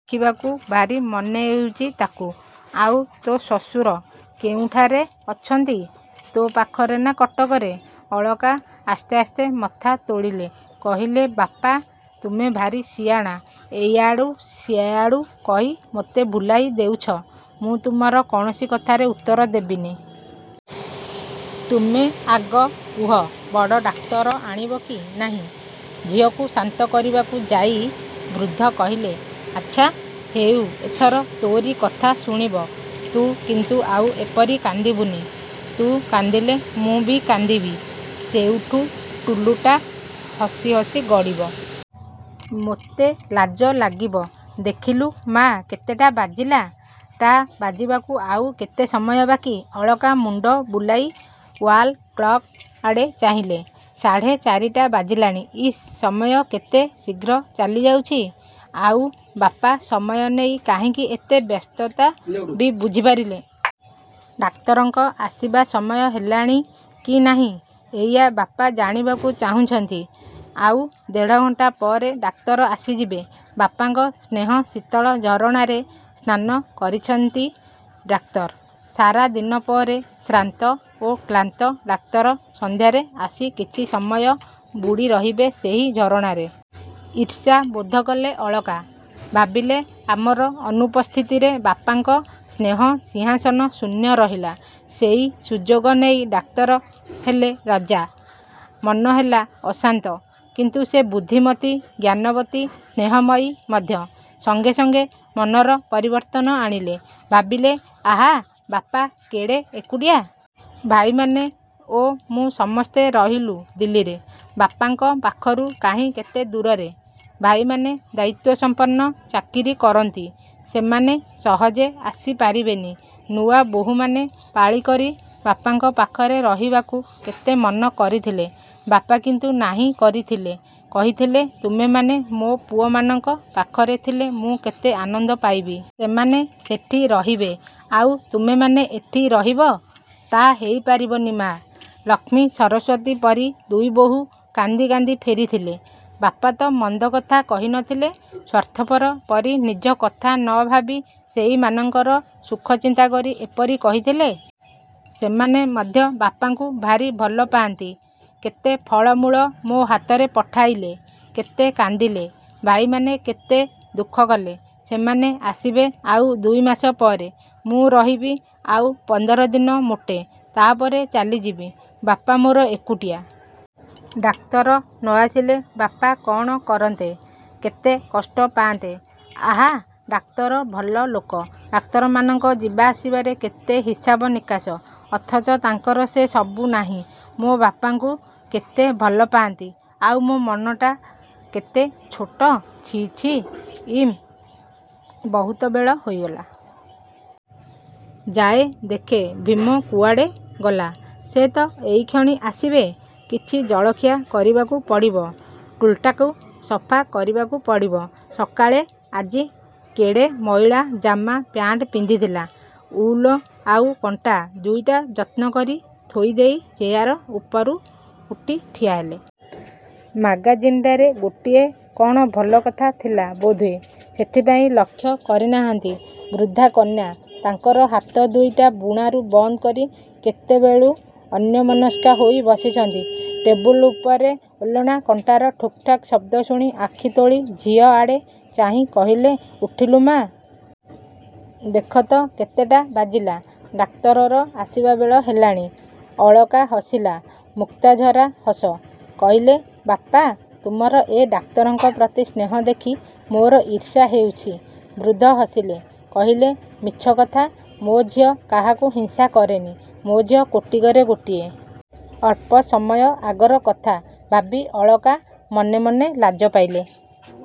ଦେଖିବାକୁ ଭାରି ମନହେଉଛି ତାକୁ। ଆଉ ତୋ ଶ୍ୱଶୁର-କେଉଁଠାରେ ଅଛନ୍ତି, ତୋ ପାଖରେ ନା କଟକରେ? ଅଳକା ଆସ୍ତେ ଆସ୍ତେ ମଥା ତୋଳିଲେ। କହିଲେ ବାପା ତୁମେ ଭାରି ସିଆଣା। ଏଆଡ଼ୁ ସେଆଡ଼ୁ କହି ମୋତେ ଭୁଲାଇ ଦେଉଛ। ମୁଁ ତୁମର କୌଣସି କଥାର ଉତ୍ତର ଦେବିନି। ତୁମେ ଆଗ କୁହ ବଡ଼ ଡାକ୍ତର ଆଣିବ କି ନାହିଁ? ଝିଅକୁ ଶାନ୍ତ କରିବାକୁ ଯାଇ ବୃଦ୍ଧ କହିଲେ, ଆଛା ହେଉ ଏଥର ତୋରି କଥା ଶୁଣିବ। ତୁ କିନ୍ତୁ ଆଉ ଏପରି କାନ୍ଦିବୁନି। ତୁ କାନ୍ଦିଲେ ମୁଁ ବି କାନ୍ଦିବି। ସେଉଠୁ ଟୁଲୁଟା ହସି ହସି ଗଡ଼ିବ। ମୋତେ ଲାଜ ଲାଗିବ। ଦେଖିଲୁ ମା' କେତେଟା ବାଜିଲା, ଟା ବାଜିବାକୁ ଆଉ କେତେ ସମୟ ବାକି। ଅଳକା ମୁଣ୍ଡ ବୁଲାଇ ଓ୍ୱାଲ କ୍ଲକ ଆଡ଼େ ଚାହିଁଲେ। ସାଢ଼େ ଚାରିଟା ବାଜିଲାଣି। ଇସ୍ ସମୟ କେତେ ଶୀଘ୍ର ଚାଲିଯାଉଛି। ଆଉ ବାପା ସମୟ ନେଇ କାହିଁକି ଏତେ ବ୍ୟସ୍ତ ତା ବି ବୁଝିପାରିଲେ। ଡାକ୍ତରଙ୍କ ଆସିବା ସମୟ ହେଲାଣି କି ନାହିଁ ଏଇଆ ବାପା ଜାଣିବାକୁ ଚାହୁଁଛନ୍ତି। ଆଉ ଦେଢ଼ ଘଣ୍ଟା ପରେ ଡାକ୍ତର ଆସିଯିବେ। ବାପାଙ୍କ ସ୍ନେହ ଶୀତଳ ଝରଣାରେ ସ୍ନାନ କରିଛନ୍ତି ଡାକ୍ତର। ସାରାଦିନ ପରେ ଶ୍ରାନ୍ତ ଓ କ୍ଳାନ୍ତ ଡାକ୍ତର ସଂଧ୍ୟାରେ ଆସି କିଛି ସମୟ ବୁଡ଼ି ରହିବେ ସେହି ଝରଣାରେ। ଈର୍ଷା ବୋଧକଲେ ଅଳକା। ଭାବିଲେ ଆମର ଅନୁପସ୍ଥିତିରେ ବାପାଙ୍କ ସ୍ନେହ ସିଂହାସନ ଶୂନ୍ୟ ରହିଲା। ସେଇ ସୁଯୋଗ ନେଇ ଡାକ୍ତର ହେଲେ ରଜା। ମନ ହେଲା ଅଶାନ୍ତ। କିନ୍ତୁ ସେ ବୁଦ୍ଧିମତୀ, ଜ୍ଞାନବତୀ, ସ୍ନେହମୟୀ ମଧ୍ୟ। ସଙ୍ଗେ ସଙ୍ଗେ ମନର ପରିବର୍ତ୍ତନ ଆଣିଲେ। ଭାବିଲେ ଆହା ବାପା କେଡ଼େ ଏକୁଟିଆ। ଭାଇମାନେ ଓ ମୁଁ ସମସ୍ତେ ରହିଲୁ ଦିଲ୍ଲୀରେ-। ବାପାଙ୍କ ପାଖରୁ କାହିଁ କେତେ ଦୂରରେ। ଭାଇମାନେ ଦାୟୀତ୍ୱସମ୍ପନ୍ନ ଚାକିରି କରନ୍ତି-। ସେମାନେ ସହଜେ ଆସିପାରିବେନି। ନୂଆବୋହୂମାନେ ପାଳିକରି ବାପାଙ୍କ ପାଖରେ ରହିବାକୁ କେତେ ମନ କରିଥିଲେ। ବାପା କିନ୍ତୁ ନାହିଁ କରିଥିଲେ, କହିଥିଲେ ତୁମେମାନେ ମୋ ପୁଅମାନଙ୍କ ପାଖରେ ଥିଲେ ମୁଁ କେତେ ଆନନ୍ଦ ପାଇବି। ସେମାନେ ସେଠି ରହିବେ ଆଉ ତୁମେମାନେ ଏଠି ରହିବ, ତା' ହୋଇପାରିବନି ମା'। ଲକ୍ଷ୍ମୀ, ସରସ୍ୱତୀ ପରି ଦୁଇବୋହୂ କାନ୍ଦି କାନ୍ଦି ଫେରିଥିଲେ। ବାପାତ ମନ୍ଦ କଥା କହିନଥିଲେ। ସ୍ୱାର୍ଥପର ପରି ନିଜ କଥା ନ ଭାବି ସେଇମାନଙ୍କର ସୁଖ ଚିନ୍ତା କରି ଏପରି କହିଥିଲେ। ସେମାନେ ମଧ୍ୟ ବାପାଙ୍କୁ ଭାରି ଭଲପା'ନ୍ତି। କେତେ ଫଳ ମୂଳ ମୋ ହାତରେ ପଠାଇଲେ, କେତେ କାନ୍ଦିଲେ। ଭାଇମାନେ କେତେ ଦୁଃଖ କଲେ। ସେମାନେ ଆସିବେ ଆଉ ଦୁଇମାସ ପରେ। ମୁଁ ରହିବି ଆଉ ପନ୍ଦର ଦିନ ମୋଟେ। ତାପରେ ଚାଲିଯିବି। ବାପା ମୋର ଏକୁଟିଆ। ଡାକ୍ତର ନ ଆସିଲେ ବାପା କ'ଣ କରନ୍ତେ,। କେତେ କଷ୍ଟ ପାଆନ୍ତେ। ଆହା ଡାକ୍ତର ଭଲ ଲୋକ। ଡାକ୍ତରମାନଙ୍କ ଯିବା ଆସିବାରେ କେତେ ହିସାବ ନିକାଶ। ଅଥଚ ତାଙ୍କର ସେ ସବୁ ନାହିଁ। ମୋ ବାପାଙ୍କୁ କେତେ ଭଲପାନ୍ତି। ଆଉ ମୋ ମନଟା କେତେ ଛୋଟ ଛି, ଛି ଇମ୍, ବହୁତ ବେଳ ହୋଇଗଲା। ଯାଏ ଦେଖେ ଭୀମ କୁଆଡ଼େ ଗଲା। ସେ ତ ଏଇକ୍ଷଣି ଆସିବେ-। କିଛି ଜଳଖିଆ କରିବାକୁ ପଡ଼ିବ। ଟୁଲ୍ଟାକୁ ସଫା କରିବାକୁ ପଡ଼ିବ। ସକାଳେ ଆଜି କେଡ଼େ ମଇଳା ଜାମା ପ୍ୟାଣ୍ଟ ପିନ୍ଧିଥିଲା। ଉଲ୍ ଆଉ କଣ୍ଟା ଦୁଇଟା ଯତ୍ନ କରି ଥୋଇଦେଇ ଚେୟାର ଉପରୁ ଉଠି ଠିଆହେଲେ। ମାଗାଜିନଟାରେ ଗୋଟିଏ କ'ଣ ଭଲ କଥା ଥିଲା ବୋଧହୁଏ, ସେଥିପାଇଁ ଲକ୍ଷ୍ୟ କରିନାହାନ୍ତି ବୃଦ୍ଧା କନ୍ୟା ତାଙ୍କର ହାତ ଦୁଇଟି ବୁଣାରୁ ବନ୍ଦ କରି କେତେବେଳୁ ଅନ୍ୟମନସ୍କା ହୋଇ ବସିଛନ୍ତି। ଟେବୁଲ୍ ଉପରେ ଉଲ୍ବୁଣା କଣ୍ଟାର ଠୁକ୍ଠାକ ଶବ୍ଦ ଶୁଣି ଆଖି ତୋଳି ଝିଅଆଡ଼େ ଚାହିଁ କହିଲେ-ଉଠିଲୁ ମା'? ଦେଖତ କେତେଟା ବାଜିଲା। ଡାକ୍ତରର ଆସିବା ବେଳ ହେଲାଣି। ଅଳକା ହସିଲା ମୁକ୍ତାଝରା ହସ। କହିଲେ-ବାପା ତୁମର ଏ ଡାକ୍ତରଙ୍କ ପ୍ରତି ସ୍ନେହ ଦେଖି ମୋର ଈର୍ଷାହେଉଛି। ବୃଦ୍ଧ ହସିଲେ, କହିଲେ-ମିଛ କଥା, ମୋ ଝିଅ କାହାକୁ ହିଂସା କରେନି। ମୋ ଝିଅ କୋଟିକରେ ଗୋଟିଏ। ଅଳ୍ପ ସମୟ ଆଗର କଥା ଭାବି ଅଳକା ମନେ ମନେ ଲାଜ ପାଇଲେ।